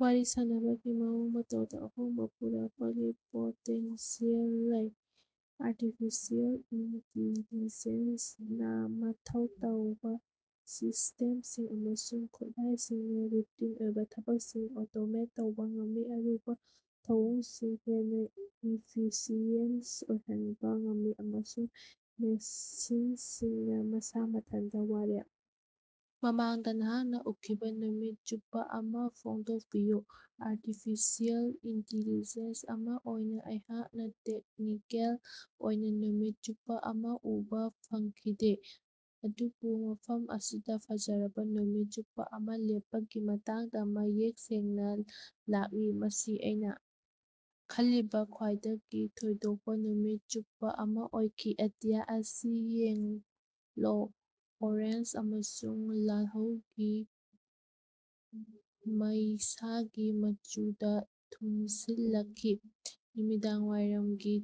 ꯋꯥꯔꯤ ꯁꯥꯟꯅꯕꯒꯤ ꯃꯑꯣꯡ ꯃꯇꯧꯗ ꯑꯍꯣꯡꯕ ꯄꯨꯔꯛꯄꯒꯤ ꯄꯣꯇꯦꯟꯁꯤꯌꯦꯜ ꯂꯩ꯫ ꯑꯥꯔꯇꯤꯐꯤꯁꯤꯑꯦꯜ ꯏꯟꯇꯤꯂꯤꯖꯦꯟꯁ ꯅꯥ ꯃꯊꯧ ꯇꯧꯕ ꯁꯤꯁ꯭ꯇꯦꯝꯁꯤꯡ ꯑꯃꯁꯨꯡ ꯈꯨꯠꯂꯥꯏꯁꯤꯡꯅ ꯔꯨꯇꯤꯟ ꯑꯣꯏꯕ ꯊꯕꯛꯁꯤꯡ ꯑꯣꯇꯣꯃꯦꯠ ꯇꯧꯕ ꯉꯝꯃꯤ, ꯑꯔꯨꯕ ꯊꯧꯑꯣꯡꯁꯤꯡ ꯍꯦꯟꯅ ꯏꯐꯤꯁꯤꯌꯦꯟꯇ ꯑꯣꯏꯍꯟꯕ ꯉꯝꯃꯤ ꯑꯃꯁꯨꯡ ꯃꯦꯁꯤꯟꯁꯤꯡꯅ ꯃꯁꯥ ꯃꯊꯟꯇ ꯋꯥꯔꯦꯞ ꯃꯃꯥꯡꯗ ꯅꯍꯥꯛꯅ ꯎꯈꯤꯕ‌ ꯅꯨꯃꯤꯠ ꯆꯨꯞꯄ ꯑꯃ ꯐꯣꯡꯗꯣꯛꯄꯤꯌꯨ꯫ ꯑꯥꯔꯇꯤꯐꯤꯁꯤꯑꯦꯜ ꯏꯟꯇꯤꯂꯤꯖꯦꯟꯁ ꯑꯃ‌ ꯑꯣꯏꯅ ꯑꯩꯍꯥꯛꯅ ꯇꯦꯛꯅꯤꯀꯦꯜ ꯑꯣꯏꯅ ꯅꯨꯃꯤꯠ ꯆꯨꯞꯄ ꯑꯃ ꯎꯕꯥ ꯐꯪꯈꯤꯗꯦ, ꯑꯗꯨꯕꯨ ꯃꯐꯝ ꯑꯁꯤꯗ ꯐꯖꯔꯕ ꯅꯨꯃꯤꯠ ꯆꯨꯞꯄ ꯑꯃ ꯂꯦꯞꯄꯒꯤ ꯃꯇꯥꯡꯗ ꯃꯌꯦꯛ ꯁꯦꯡꯅ ꯂꯥꯛꯂꯤ꯫ ꯃꯁꯤ ꯑꯩꯅ ꯈꯜꯂꯤꯕ ꯈ꯭ꯋꯥꯏꯗꯒꯤ ꯊꯣꯏꯗꯣꯛꯄ ꯅꯨꯃꯤꯠ ꯆꯨꯞꯄ ꯑꯃ ꯑꯣꯏꯈꯤ ꯑꯇꯤꯌꯥ ꯑꯁꯤ ꯌꯦꯡꯂꯣ, ꯑꯣꯔꯦꯟꯖ ꯑꯃꯁꯨꯡ ꯂꯥꯜꯍꯧꯒꯤ ꯃꯩꯁꯥꯒꯤ ꯃꯆꯨꯗ ꯊꯨꯝꯖꯤꯜꯂꯛꯈꯤ, ꯅꯨꯃꯤꯗꯥꯡꯋꯥꯏꯔꯝꯒꯤ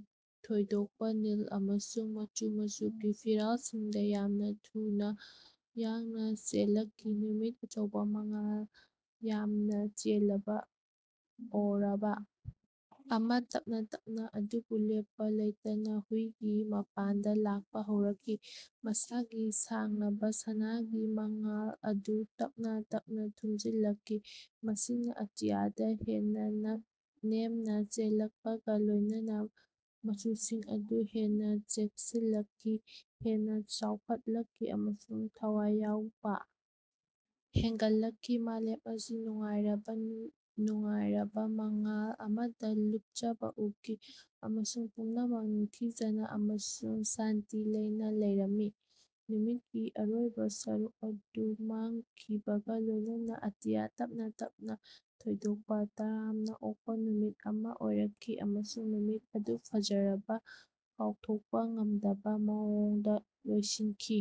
ꯊꯣꯏꯗꯣꯛꯄ ꯅꯤꯜ ꯑꯃꯁꯨꯡ ꯃꯆꯨ ꯃꯆꯨꯒꯤ ꯐꯤꯔꯥꯜꯁꯤꯡꯗ ꯌꯥꯝꯅ ꯊꯨꯅꯥ ꯌꯥꯡꯅ ꯆꯦꯜꯂꯛꯈꯤ꯫ ꯅꯨꯃꯤꯠ, ꯑꯆꯧꯕꯥ, ꯃꯉꯥꯜ ꯌꯥꯝꯅ ꯆꯦꯜꯂꯕ ꯑꯣꯔꯕ ꯑꯃ, ꯇꯞꯅꯥ ꯇꯞꯅꯥ ꯑꯗꯨꯕꯨ ꯂꯦꯞꯄ ꯂꯩꯇꯅ ꯍꯨꯏꯒꯤ ꯃꯄꯥꯟꯗ ꯂꯥꯛꯄ ꯍꯧꯔꯛꯈꯤ, ꯃꯁꯥꯒꯤ ꯁꯥꯡꯂꯕ ꯁꯅꯥꯒꯤ ꯃꯉꯥꯜ ꯑꯗꯨ ꯇꯞꯅꯥ ꯇꯞꯅꯥ ꯊꯨꯝꯖꯤꯜꯂꯛꯈꯤ꯫ ꯃꯁꯤꯅ ꯑꯇꯤꯌꯥꯗ ꯍꯦꯟꯅ ꯅꯛ ꯅꯦꯝꯅ ꯆꯦꯜꯂꯛꯄꯒ ꯂꯣꯏꯅꯅ ꯃꯆꯨꯁꯤꯡ ꯑꯗꯨ ꯍꯦꯟꯅ ꯆꯦꯠꯁꯤꯜꯂꯛꯈꯤ, ꯍꯦꯟꯅ ꯆꯥꯎꯈꯠꯂꯛꯈꯤ ꯑꯃꯁꯨꯡ ꯊꯋꯥꯏ ꯌꯥꯎꯕ ꯍꯦꯟꯒꯠꯂꯛꯈꯤ꯫ ꯃꯥꯂꯦꯝ ꯑꯁꯤ ꯅꯨꯡꯉꯥꯏꯔꯕꯥ, ꯅꯨꯡꯉꯥꯏꯔꯕꯥ ꯃꯉꯥꯜ ꯑꯃꯗ ꯂꯨꯞꯆꯕ ꯎꯈꯤ, ꯑꯃꯁꯨꯡ ꯄꯨꯝꯅꯃꯛ ꯅꯤꯡꯊꯤꯖꯅ ꯑꯃꯁꯨꯡ ꯁꯥꯟꯇꯤ ꯂꯩꯅ ꯂꯩꯔꯝꯃꯤ꯫ ꯅꯨꯃꯤꯠꯀꯤ ꯑꯔꯣꯏꯕ ꯁꯔꯨꯛ ꯑꯗꯨ ꯃꯥꯡꯈꯤꯕꯒ ꯂꯣꯏꯅꯅ ꯑꯇꯤꯌꯥ ꯇꯞꯅꯥ ꯇꯞꯅꯥ ꯊꯣꯏꯗꯣꯛꯄ, ꯇꯔꯥꯝꯅ ꯑꯣꯛꯄ ꯅꯨꯃꯤꯠ ꯑꯃ ꯑꯣꯏꯔꯛꯈꯤ ꯑꯃꯁꯨꯡ ꯅꯨꯃꯤꯠ ꯑꯗꯨ ꯐꯖꯔꯕ, ꯀꯥꯎꯊꯣꯛꯄ ꯉꯝꯗꯕ ꯃꯑꯣꯡꯗ ꯂꯣꯏꯁꯤꯟꯈꯤ꯫